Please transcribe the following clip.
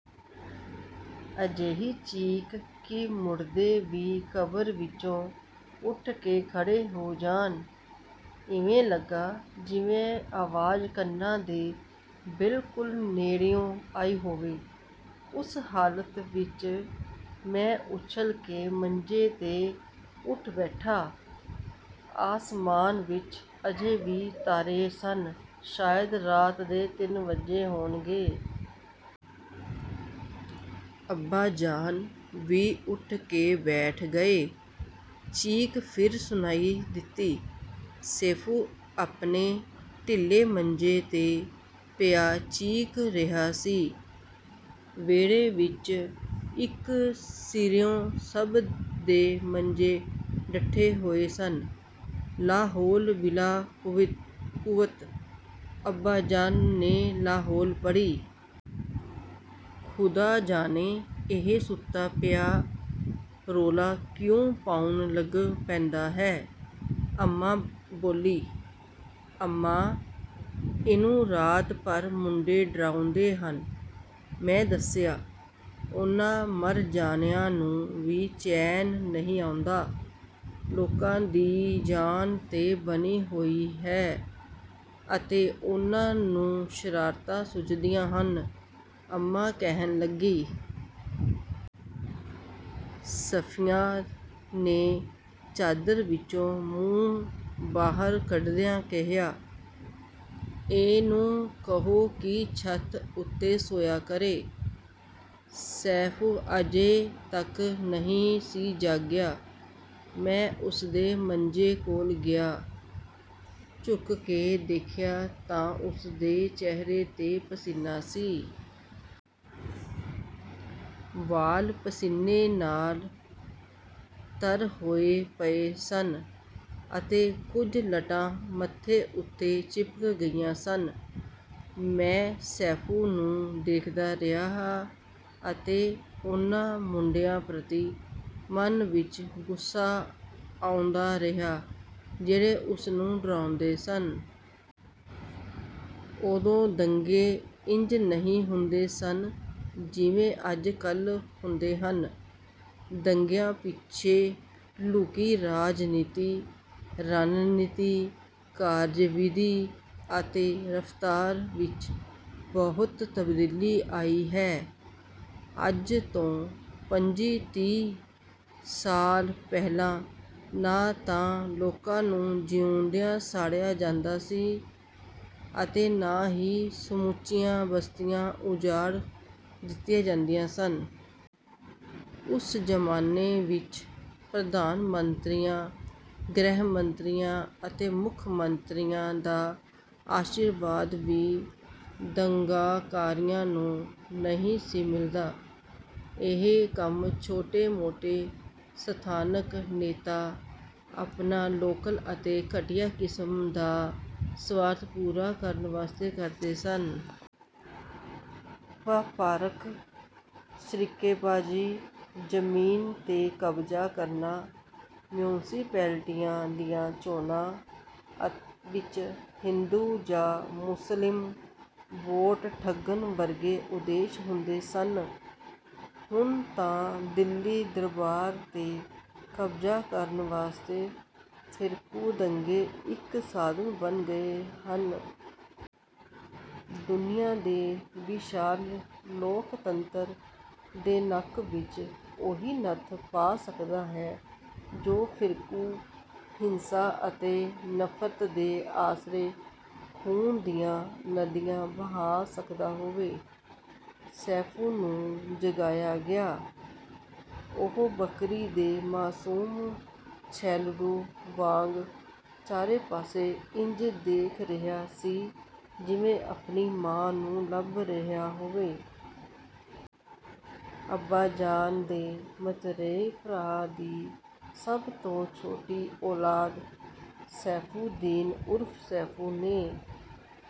ਅਜਿਹੀ ਚੀਕ ਕਿ ਮੁਰਦੇ ਵੀ ਕਬਰ ਵਿੱਚੋਂ ਉੱਠ ਕੇ ਖੜ੍ਹੇ ਹੋ ਜਾਣ! ਇਵੇਂ ਲੱਗਾ ਜਿਵੇਂ ਆਵਾਜ਼ ਕੰਨਾਂ ਦੇ ਬਿਲਕੁਲ ਨੇੜਿਓਂ ਆਈ ਹੋਵੇ। ਉਸ ਹਾਲਤ ਵਿੱਚ... ਮੈਂ ਉੱਛਲ ਕੇ ਮੰਜੇ 'ਤੇ ਉੱਠ ਬੈਠਾ। ਅਸਮਾਨ ਵਿੱਚ ਅਜੇ ਵੀ ਤਾਰੇ ਸਨ, ਸ਼ਾਇਦ ਰਾਤ ਦੇ ਤਿੰਨ ਵੱਜੇ ਹੋਣਗੇ। ਅੱਬਾਜਾਨ ਵੀ ਉੱਠ ਕੇ ਬੈਠ ਗਏ। ਚੀਕ ਫਿਰ ਸੁਣਾਈ ਦਿੱਤੀ। ਸੈਫ਼ੂ ਆਪਣੇ ਢਿੱਲੇ ਮੰਜੇ 'ਤੇ ਪਿਆ ਚੀਕ ਰਿਹਾ ਸੀ। ਵਿਹੜੇ ਵਿੱਚ ਇੱਕ ਸਿਰਿਓਂ ਸਭ ਦੇ ਮੰਜੇ ਡੱਠੇ ਹੋਏ ਸਨ। "ਲਾਹੌਲ ਵਿਲਾ ਕੂਵਤ..." ਅੱਬਾਜਾਨ ਨੇ ਲਾਹੌਲ ਪੜ੍ਹੀ। "ਖ਼ੁਦਾ ਜਾਣੇ ਇਹ ਸੁੱਤਾ ਪਿਆ ਰੌਲਾ ਕਿਉਂ ਪਾਉਣ ਲੱਗ ਪੈਂਦਾ ਹੈ!" ਅੰਮਾ ਬੋਲੀ। "ਅੰਮਾ, ਇਹਨੂੰ ਰਾਤ ਭਰ ਮੁੰਡੇ ਡਰਾਉਂਦੇ ਹਨ..." ਮੈਂ ਦੱਸਿਆ। "ਉਹਨਾਂ ਮਰ ਜਾਣਿਆਂ ਨੂੰ ਵੀ ਚੈਨ ਨਹੀਂ ਆਉਂਦਾ! ਲੋਕਾਂ ਦੀ ਜਾਨ 'ਤੇ ਬਣੀ ਹੋਈ ਹੈ ਅਤੇ ਉਹਨਾਂ ਨੂੰ ਸ਼ਰਾਰਤਾਂ ਸੁਝਦੀਆਂ ਹਨ," ਅੰਮਾ ਕਹਿਣ ਲੱਗੀ। ਸਫ਼ੀਆ ਨੇ ਚਾਦਰ ਵਿੱਚੋਂ ਮੂੰਹ ਬਾਹਰ ਕੱਢਦਿਆਂ ਕਿਹਾ, "ਇਹਨੂੰ ਕਹੋ ਕਿ ਛੱਤ ਉੱਤੇ ਸੌਂਇਆ ਕਰੇ।" ਸੈਫ਼ੂ ਅਜੇ ਤੱਕ ਨਹੀਂ ਸੀ ਜਾਗਿਆ। ਮੈਂ ਉਸ ਦੇ ਮੰਜੇ ਕੋਲ ਗਿਆ, ਝੁਕ ਕੇ ਦੇਖਿਆ ਤਾਂ ਉਸ ਦੇ ਚਿਹਰੇ 'ਤੇ ਪਸੀਨਾ ਸੀ। ਵਾਲ਼ ਪਸੀਨੇ ਨਾਲ ਤਰ ਹੋਏ ਪਏ ਸਨ ਅਤੇ ਕੁਝ ਲਟਾਂ ਮੱਥੇ ਉੱਤੇ ਚਿਪਕ ਗਈਆਂ ਸਨ। ਮੈਂ ਸੈਫ਼ੂ ਨੂੰ ਦੇਖਦਾ ਰਿਹਾ ਅਤੇ ਉਹਨਾਂ ਮੁੰਡਿਆਂ ਪ੍ਰਤੀ ਮਨ ਵਿੱਚ ਗੁੱਸਾ ਆਉਂਦਾ ਰਿਹਾ ਜਿਹੜੇ ਉਸ ਨੂੰ ਡਰਾਉਂਦੇ ਸਨ। ਉਦੋਂ ਦੰਗੇ ਇੰਜ ਨਹੀਂ ਹੁੰਦੇ ਸਨ ਜਿਵੇਂ ਅੱਜ-ਕੱਲ੍ਹ ਹੁੰਦੇ ਹਨ। ਦੰਗਿਆਂ ਪਿੱਛੇ ਲੁਕੀ ਰਾਜਨੀਤੀ, ਰਨਨੀਤੀ, ਕਾਰਜ-ਵਿਧੀ ਅਤੇ ਰਫ਼ਤਾਰ ਵਿੱਚ ਬਹੁਤ ਤਬਦੀਲੀ ਆਈ ਹੈ। ਅੱਜ ਤੋਂ ਪੰਝੀ-ਤੀਹ ਸਾਲ ਪਹਿਲਾਂ ਨਾ ਤਾਂ ਲੋਕਾਂ ਨੂੰ ਜਿਊਂਦਿਆਂ ਸਾੜਿਆ ਜਾਂਦਾ ਸੀ, ਅਤੇ ਨਾ ਹੀ ਸਮੁੱਚੀਆਂ ਬਸਤੀਆਂ ਉਜਾੜ ਦਿੱਤੀਆਂ ਜਾਂਦੀਆਂ ਸਨ। ਉਸ ਜ਼ਮਾਨੇ ਵਿੱਚ ਪ੍ਰਧਾਨ ਮੰਤਰੀਆਂ, ਗ੍ਰਹਿ ਮੰਤਰੀਆਂ ਅਤੇ ਮੁੱਖ ਮੰਤਰੀਆਂ ਦਾ ਅਸ਼ੀਰਵਾਦ ਵੀ ਦੰਗਾਕਾਰੀਆਂ ਨੂੰ ਨਹੀਂ ਸੀ ਮਿਲਦਾ। ਇਹ ਕੰਮ ਛੋਟੇ-ਮੋਟੇ ਸਥਾਨਕ ਨੇਤਾ ਆਪਣਾ ਲੋਕਲ ਅਤੇ ਘਟੀਆ ਕਿਸਮ ਦਾ ਸਵਾਰਥ ਪੂਰਾ ਕਰਨ ਵਾਸਤੇ ਕਰਦੇ ਸਨ। ਵਪਾਰਕ ਸ਼ਰੀਕੇਬਾਜ਼ੀ, ਜ਼ਮੀਨ 'ਤੇ ਕਬਜ਼ਾ ਕਰਨਾ, ਮਿਉਂਸਪੈਲਟੀਆਂ ਦੀਆਂ ਚੋਣਾਂ ਵਿੱਚ ਹਿੰਦੂ ਜਾਂ ਮੁਸਲਿਮ ਵੋਟ ਠੱਗਣ ਵਰਗੇ ਉਦੇਸ਼ ਹੁੰਦੇ ਸਨ। ਹੁਣ ਤਾਂ ਦਿੱਲੀ ਦਰਬਾਰ 'ਤੇ ਕਬਜ਼ਾ ਕਰਨ ਵਾਸਤੇ ਫ਼ਿਰਕੂ ਦੰਗੇ ਇੱਕ ਸਾਧਨ ਬਣ ਗਏ ਹਨ। ਦੁਨੀਆ ਦੇ ਵਿਸ਼ਾਲ ਲੋਕਤੰਤਰ ਦੇ ਨੱਕ ਵਿੱਚ ਉਹੀ ਨੱਥ ਪਾ ਸਕਦਾ ਹੈ ਜੋ ਫ਼ਿਰਕੂ ਹਿੰਸਾ ਅਤੇ ਨਫ਼ਰਤ ਦੇ ਆਸਰੇ ਖ਼ੂਨ ਦੀਆਂ ਨਦੀਆਂ ਬਹਾ ਸਕਦਾ ਹੋਵੇ। ਸੈਫ਼ੂ ਨੂੰ ਜਗਾਇਆ ਗਿਆ। ਉਹ ਬੱਕਰੀ ਦੇ ਮਾਸੂਮ ਛਲੇਡੂ ਵਾਂਗ ਚਾਰੇ ਪਾਸੇ ਇੰਜ ਦੇਖ ਰਿਹਾ ਸੀ ਜਿਵੇਂ ਆਪਣੀ ਮਾਂ ਨੂੰ ਲੱਭ ਰਿਹਾ ਹੋਵੇ। ਅੱਬਾਜਾਨ ਦੇ ਮਤਰੇਏ ਭਰਾ ਦੀ ਸਭ ਤੋਂ ਛੋਟੀ ਔਲਾਦ ਸੈਫ਼ੂ ਦੀਨ ਉਰਫ਼ ਸੈਫ਼ੂ ਨੇ